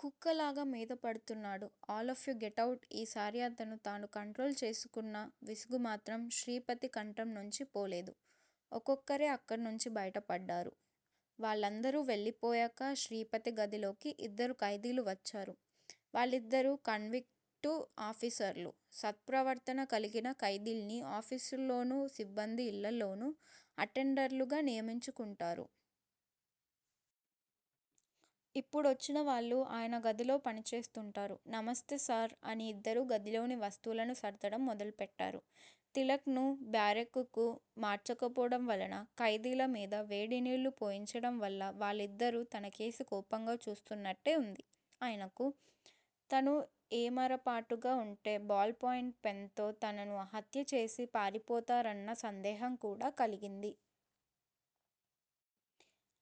కుక్కలాగా మీద పడుతున్నాడు. All of you get out ఈసారి అతను తాను కంట్రోల్ చేసుకున్న విసుగు మాత్రం శ్రీపతి కంఠం నుంచి పోలేదు. ఒక్కొక్కరే అక్కడినుంచి బయటపడ్డారు. వాళ్ళందరూ వెళ్ళిపోయాక శ్రీపతి గదిలోకి ఇద్దరు ఖైదీలు వచ్చారు. వాళ్ళిద్దరూ కన్విక్టు ఆఫీసర్లు. సత్ప్రవర్తన కలిగిన ఖైదీల్ని ఆఫీసుల్లోనూ, సిబ్బంది ఇళ్ళలోనూ అటెండర్లు గా నియమించుకుంటారు. ఇప్పుడొచ్చిన వాళ్ళు ఆయన గదిలో పని చేస్తుంటారు. నమస్తే సార్ అని ఇద్దరూ గదిలోని వస్తువులను సర్దడం మొదలుపెట్టారు. తిలక్ ను బ్యారెక్కుకు మార్చకపోవడం వలన, ఖైదీల మీద వేడినీళ్ళు పోయించడం వల్ల వాళ్ళిద్దరూ తనకేసి కోపంగా చూస్తున్నట్టే వుంది. ఆయనకు. తను ఏమరపాటుగా వుంటే బాల్ పాయింట్ పెన్ తో తనను హత్యచేసి పారిపోతారన్న సందేహం కూడా కలిగింది.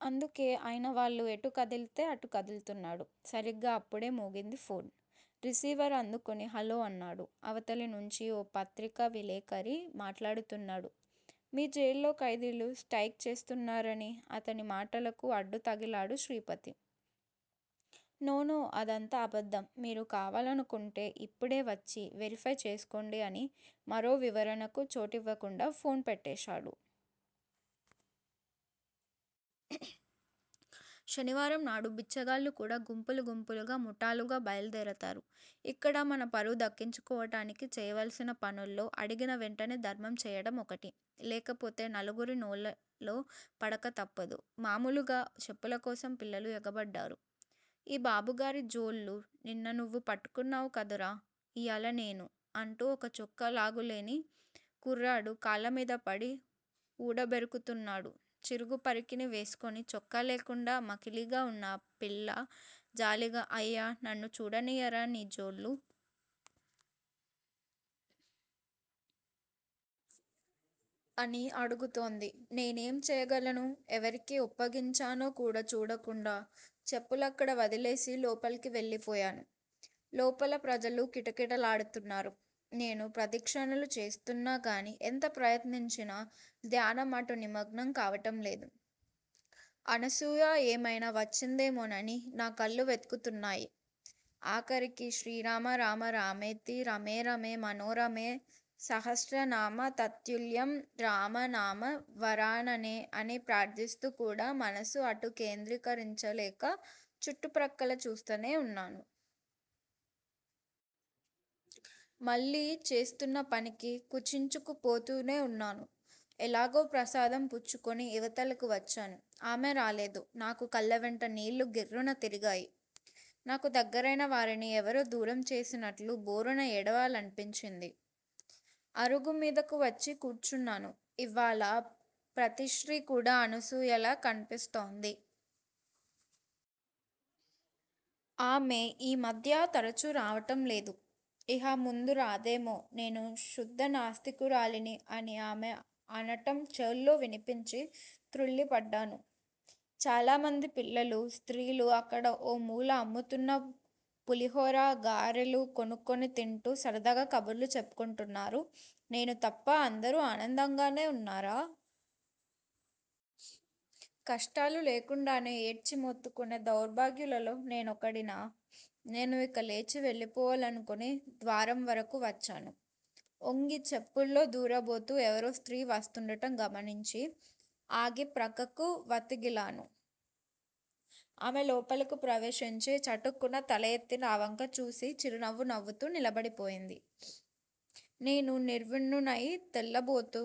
అందుకే ఆయన వాళ్ళు ఎటు కదిలితే అటు కదులుతున్నాడు. సరిగ్గా అప్పుడే మోగింది ఫోన్. రిసీవర్ అందుకుని హలో అన్నాడు. అవతలి నుంచి ఓ పత్రికా విలేఖరి మాట్లాడుతున్నాడు మీ జైల్లో ఖైదీలు స్ట్రయిక్ చేస్తున్నారని అతని మాటలకు అడ్డు తగిలాడు శ్రీపతి. నో నో అదంతా అబద్ధం మీరు కావాలనుకుంటే ఇప్పుడే వచ్చి వెరిఫై చేసుకోండి అని మరో వివరణకు చోటివ్వకుండా ఫోన్ పెట్టేశాడు. శనివారం నాడు బిచ్చగాళ్ళు కూడా గుంపులు గుంపులుగా, ముఠాలుగా బయల్దేరతారు. యిక్కడ మన పరువు దక్కించుకోవటానికి చేయవలసిన పనుల్లో అడిగిన వెంటనే ధర్మం చేయటం ఒకటి. లేకపోతే నలుగురి నోళ్లలో పడక తప్పదు. మామూలుగా చెప్పుల కోసం పిల్లలు ఎగబడ్డారు. 'ఈ బాబుగారి జోళ్ళు నిన్న నువ్వు పట్టుకొన్నావు కదురా, ఇయాల నేను' అంటూ ఒక చొక్కా లాగు లేని కుర్రాడు కాళ్ళమీదపడి వూడబెరుకుతున్నాడు చిరుగు పరికిణీ వేసుకుని చొక్కాలేకుండా మకిలిగా వున్న అ పిల్ల జాలిగా 'అయ్యా, నన్ను చూడనియ్యరా నీ జోళ్ళు? ' అని అడుగుతోంది. నేనేం చేయగలను? ఎవరికి ఒప్పగించానో కూడా చూడకుండా చెప్పులక్కడ వదిలేసి లోపలకు వెళ్ళి పోయాను. లోపల ప్రజలు కిటకిటలాడుతున్నారు. నేను ప్రదక్షిణలు చేస్తున్నాగాని ఎంత ప్రయత్నించినా ధ్యానం అటు నిమగ్నం కావటంలేదు. అనసూయ యేమైనా వచ్చిందేమోనని నా కళ్ళు వెతుకుతున్నాయి. ఆఖరికి 'శ్రీ రామ రామ రామేతి రమే రమే మనోరమే సహస్రనామ తత్తుల్యం రామ నామ వరాననే' అని ప్రార్ధిస్తూ కూడా మనసు అటు కేంద్రీకరించలేక చుట్టు ప్రక్కల చూస్తూనే వున్నాను. మళ్ళీ చేస్తున్నపనికి కుచించుకుపోతూనే వున్నాను. ఎలాగో ప్రసాదం పుచ్చుకొని ఇవతలకు వచ్చాను. ఆమె రాలేదు. నాకు కళ్ళవెంట నీళ్ళు గిర్రున తిరిగాయి. నాకు దగ్గరైన వారిని ఎవరో దూరం చేసినట్లు భోరున ఏడవాలనిపించింది. అరుగు మీదకు వచ్చి కూర్చున్నాను. ఇవ్వాళ ప్రతిశ్రీ కూడ అనసూయలా కన్పిస్తోంది. ఆమె ఈ మధ్య తరచు రావటంలేదు, ఇహ ముందు రాదేమో నేను శుద్ద నాస్తికురాలిని అని ఆమె అనటం చెవుల్లో వినిపించి త్రుళ్ళి పడ్డాను. చాలామంది పిల్లలు, స్త్రీలు అక్కడ ఓ మూల అమ్ముతున్న పులిహోర, గారెలు కొనుక్కొని తింటూ సరదాగా కబుర్లు చెప్పుకొంటున్నారు. నేను తప్ప అందరూ ఆనందంగానే వున్నారా? కష్టాలు లేకుండానే ఏడ్చి మొత్తుకొనే దౌర్భాగ్యులలో నేనొకడినా? నేను యిక లేచి వెళ్ళిపోవాలనుకొని ద్వారం వరకూ వచ్చాను. ఒంగి చెప్పుల్లో దూర బోతూ ఎవరో స్త్రీ వస్తూండటం గమనించి ఆగి ప్రక్కకు వత్తిగిలాను. ఆమె లోపలకు ప్రవేశించి చటుక్కున తలయెత్తి నావంక చూసి చిరునవ్వు నవ్వుతూ నిలబడిపోయింది. నేను నిర్విన్నున్నయి తెల్లబోతూ